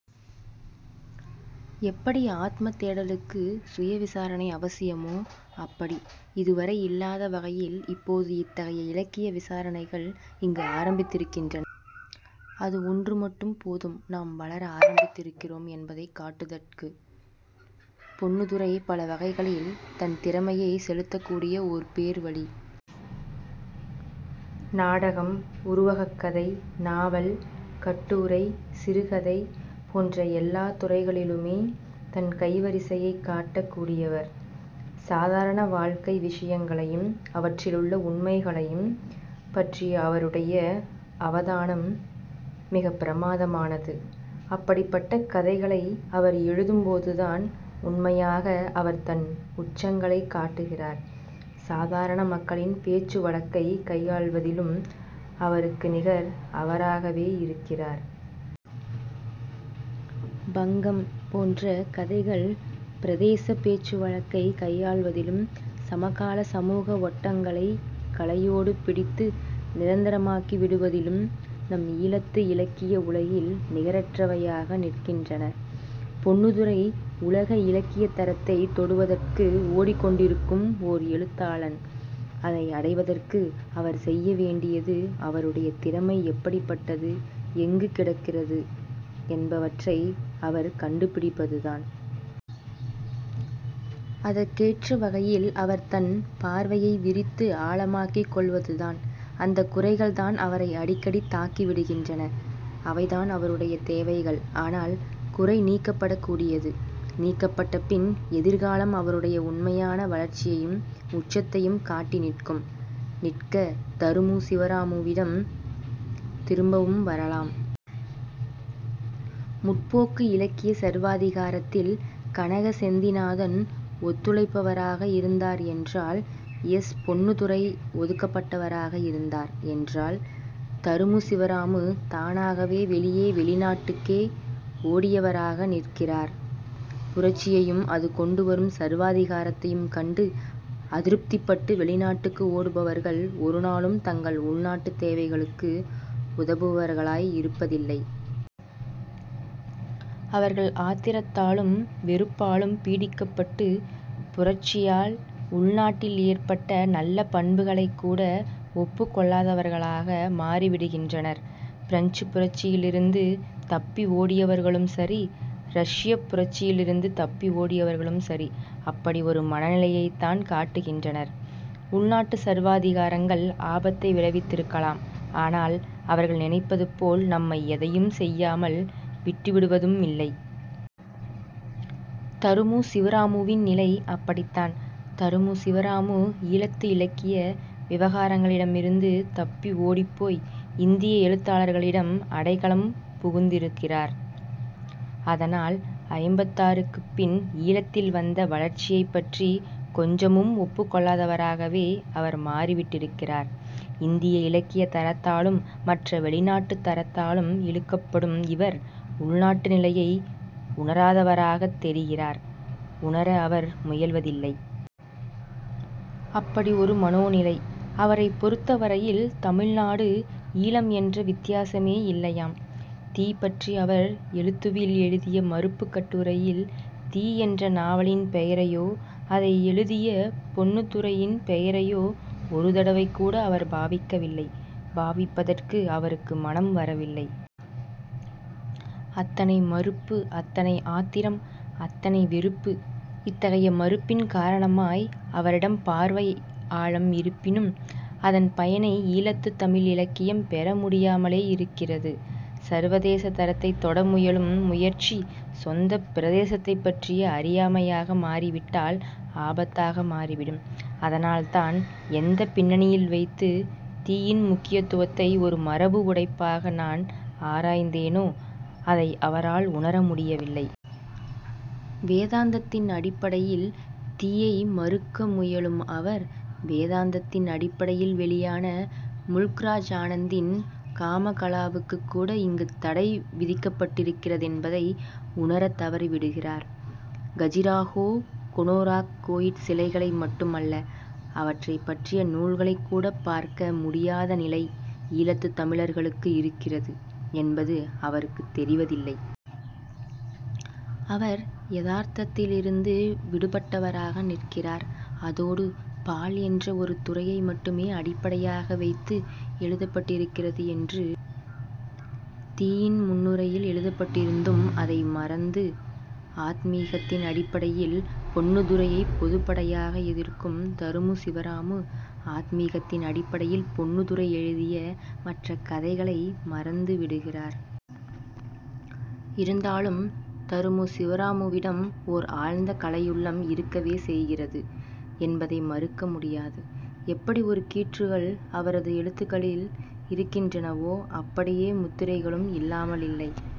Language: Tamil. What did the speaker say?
எப்படி ஆத்மத் தேடலுக்கு சுய விசாரணை அவசியமோ அப்படி. இதுவரை இல்லாத வகையில் இப்போது இத்தகைய இலக்கிய விசாரணைகள் இங்கு ஆரம்பித்திருக்கின்றன. அது ஒன்று மட்டும் போதும் நாம் வளர ஆரம்பித்திருக்கிறோம் என்பதை காட்டுதற்கு. பொன்னுத்துரை பல வகைகளில் தன் திறமையைச் செலுத்தக்கூடிய ஓர் பேர்வழி. நாடகம், உருவகக் கதை, நாவல், கட்டுரை, சிறுகதை போன்ற எல்லாத் துறைகளிலுமே தன் கைவரிசையைக் காட்டக் கூடியவர். சாதாரண வாழ்க்கை விசயங்களையும் அவற்றிலுள்ள உண்மைகளையும் பற்றிய அவருடைய அவதானம் மிகப் பிரமாதமானது. அப்படிப்பட்ட கதைகளை அவர் எழுதும்போதுதான் உண்மையாக அவர் தன் உச்சங்களைக் காட்டுகிறார். சாதாரண மக்களின் பேச்சு வழக்கைக் கையாள்வதிலும் அவருக்கு நிகர் அவராகவே இருக்கிறார். 'பங்கம்' போன்ற கதைகள் பிரதேசப் பேச்சுவழக்கைக் கையாள்வதிலும் சமகால சமூக ஒட்டங்களைக் கலையோடு பிடித்து நிரந்தரமாக்கிவிடுவதிலும் நம் ஈழத்து இலக்கிய உலகில் நிகரற்றவையாக நிற்கின்றன. பொன்னுத்துரை உலக இலக்கியத் தரத்தைத் தொடுவதற்கு ஓடிக்கொண்டிருக்கும் ஓர் எழுத்தாளன். அதை அடைவதற்கு அவர் செய்ய வேண்டியது, அவருடைய திறமை எப்படிப்பட்டது, எங்கு கிடக்கிறது என்பவற்றை அவர் கண்டுபிடிப்பதுதான். அதற்கேற்ற வகையில் அவர் தன் பார்வையை விரித்து ஆழமாக்கிக் கொள்வதுதான். அந்தக் குறைகள்தான் அவரை அடிக்கடி தாக்கிவிடுகின்றன. அவைதான் அவருடைய தேவைகள். ஆனால் குறை நீக்கப்படக்கூடியது. நீக்கப்பட்ட பின் எதிர்காலம் அவருடைய உண்மையான வளர்ச்சியையும் உச்சத்தையும் காட்டி நிற்கும். நிற்க, தருமு சிவராமுவிடம் திரும்பவும் வரலாம். 'முற்போக்கு' இலக்கிய சர்வாதிகாரத்தில் கனக செந்திநாதன் ஒத்துழைப்பவராக இருந்தார் என்றால், எஸ். பொன்னுத்துரை ஒதுக்கப்பட்டவராக இருந்தார் என்றால், தருமு சிவராமு தானாகவே வெளியே, வெளிநாட்டுக்கே ஓடியவராக நிற்கிறார். புரட்சியையும் அது கொண்டுவரும் சர்வாதிகாரத்தையும் கண்டு அதிருப்திப்பட்டு வெளிநாட்டுக்கு ஓடுபவர்கள் ஒரு நாளும் தங்கள் உள்நாட்டுத் தேவைகளுக்கு உதபுவர்களாய் இருப்பதில்லை. அவர்கள் ஆத்திரத்தாலும் வெறுப்பாலும் பீடிக்கப்பட்டு, புரட்சியால் உள்நாட்டில் ஏற்பட்ட நல்ல பண்புகளைக் கூட ஒப்புக்கொள்ளாதவர்களாக மாறிவிடுகின்றனர். பிரெஞ்சுப் புரட்சியிலிருந்து தப்பி ஓடியவர்களும் சரி, ரஷ்யப் புரட்சியிலிருந்து தப்பி ஓடியவர்களும் சரி, அப்படி ஒரு மனநிலையைத்தான் காட்டுகின்றனர். உள்நாட்டுச் சர்வாதிகாரங்கள் ஆபத்தை விளைவித்திருக்கலாம். ஆனால் அவர்கள் நினைப்பதுபோல் நம்மை எதையும் செய்யாமல் விட்டுவிடுவதுமில்லை. தருமு சிவராமுவின் நிலை அப்படித்தான். தருமு சிவராமு, ஈழத்து இலக்கிய விவகாரங்களிடமிருந்து தப்பி ஓடிப்போய் இந்திய எழுத்தாளர்களிடம் அடைக்கலம் புகுந்திருக்கிறார். அதனால் ஐம்பத்தாறுக்குப் பின் ஈழத்தில் வந்த வளர்ச்சியைப்பற்றிக் கொஞ்சமும் ஒப்புக்கொள்ளாதவராகவே அவர் மாறிவிட்டிருக்கிறார். இந்திய இலக்கியத் தரத்தாலும் மற்ற வெளிநாட்டுத் தரத்தாலும் இழுக்கப்படும் இவர் உள்நாட்டு நிலையை உணராதவராகத் தெரிகிறார்; உணர அவர் முயல்வதில்லை. அப்படி ஒரு மனோநிலை! அவரைப் பொருத்தவரையில் தமிழ்நாடு, ஈழம் என்ற வித்தியாசமே இல்லையாம்! 'தீ' பற்றி அவர் 'எழுத்து'வில் எழுதிய மறுப்புக் கட்டுரையில் 'தீ' என்ற நாவலின் பெயரையோ அதை எழுதிய பொன்னுத்துரையின் பெயரையோ ஒரு தடவைகூட அவர் பாவிக்கவில்லை. பாவிப்பதற்கு அவருக்கு மனம் வரவில்லை. அத்தனை மறுப்பு, அத்தனை ஆத்திரம், அத்தனை வெறுப்பு. இத்தகைய மறுப்பின் காரணமாய் அவரிடம் பார்வை ஆழம் இருப்பினும் அதன் பயனை ஈழத்துத் தமிழ் இலக்கியம் பெற முடியாமலே இருக்கிறது. சர்வதேசத் தரத்தைத் தொட முயலும் முயற்சி சொந்தப் பிரதேசத்தைப்பற்றிய அறியாமையாக மாறிவிட்டால் ஆபத்தாக மாறிவிடும். அதனால்தான் எந்தப் பின்னணியில் வைத்து 'தீ'யின் முக்கியத்துவத்தை ஒரு மரபு உடைப்பாக நான் ஆராய்ந்தேனோ அதை அவரால் உணர முடியவில்லை. வேதாந்தத்தின் அடிப்படையில் 'தீ'யை மறுக்க முயலும் அவர் வேதாந்தத்தின் அடிப்படையில் வெளியான முல்க்ராஜ் ஆனந்தின் 'காமகலா'வுக்குக் கூட இங்கு தடை விதிக்கப்பட்டிருக்கிறதென்பதை உணரத் தவறிவிடுகிறார். கஜுராஹோ, கொனோராக் கோயிற் சிலைகளை மட்டுமல்ல, அவற்றைப்பற்றிய நூல்களைக்கூடப் பார்க்க முடியாத நிலை ஈழத்துத் தமிழர்களுக்கு இருக்கிறது என்பது அவருக்குத் தெரிவதில்லை. அவர் யதார்த்தத்திலிருந்து விடுபட்டவராக நிற்கிறார். அதோடு பால் என்ற ஒரு துறையை மட்டுமே அடிப்படையாக வைத்து எழுதப்பட்டிருக்கிறது என்று 'தீ'யின் முன்னுரையில் எழுதப்பட்டிருந்தும் அதை மறந்து, ஆத்மீகத்தின் அடிப்படையில் பொன்னுத்துரையைப் பொதுப்படையாக எதிர்க்கும் தருமு சிவராமு ஆத்மீகத்தின் அடிப்படையில் பொன்னுத்துரை எழுதிய மற்ற கதைகளை மறந்துவிடுகிறார். இருந்தாலும் தருமு சிவராமுவிடம் ஓர் ஆழ்ந்த கலையுள்ளம் இருக்கவே செய்கிறது என்பதை மறுக்க முடியாது. எப்படி ஒரு கீற்றுகள் அவரது எழுத்துகளில் இருக்கின்றனவோ அப்படியே முத்திரைகளும் இல்லாமலில்லை.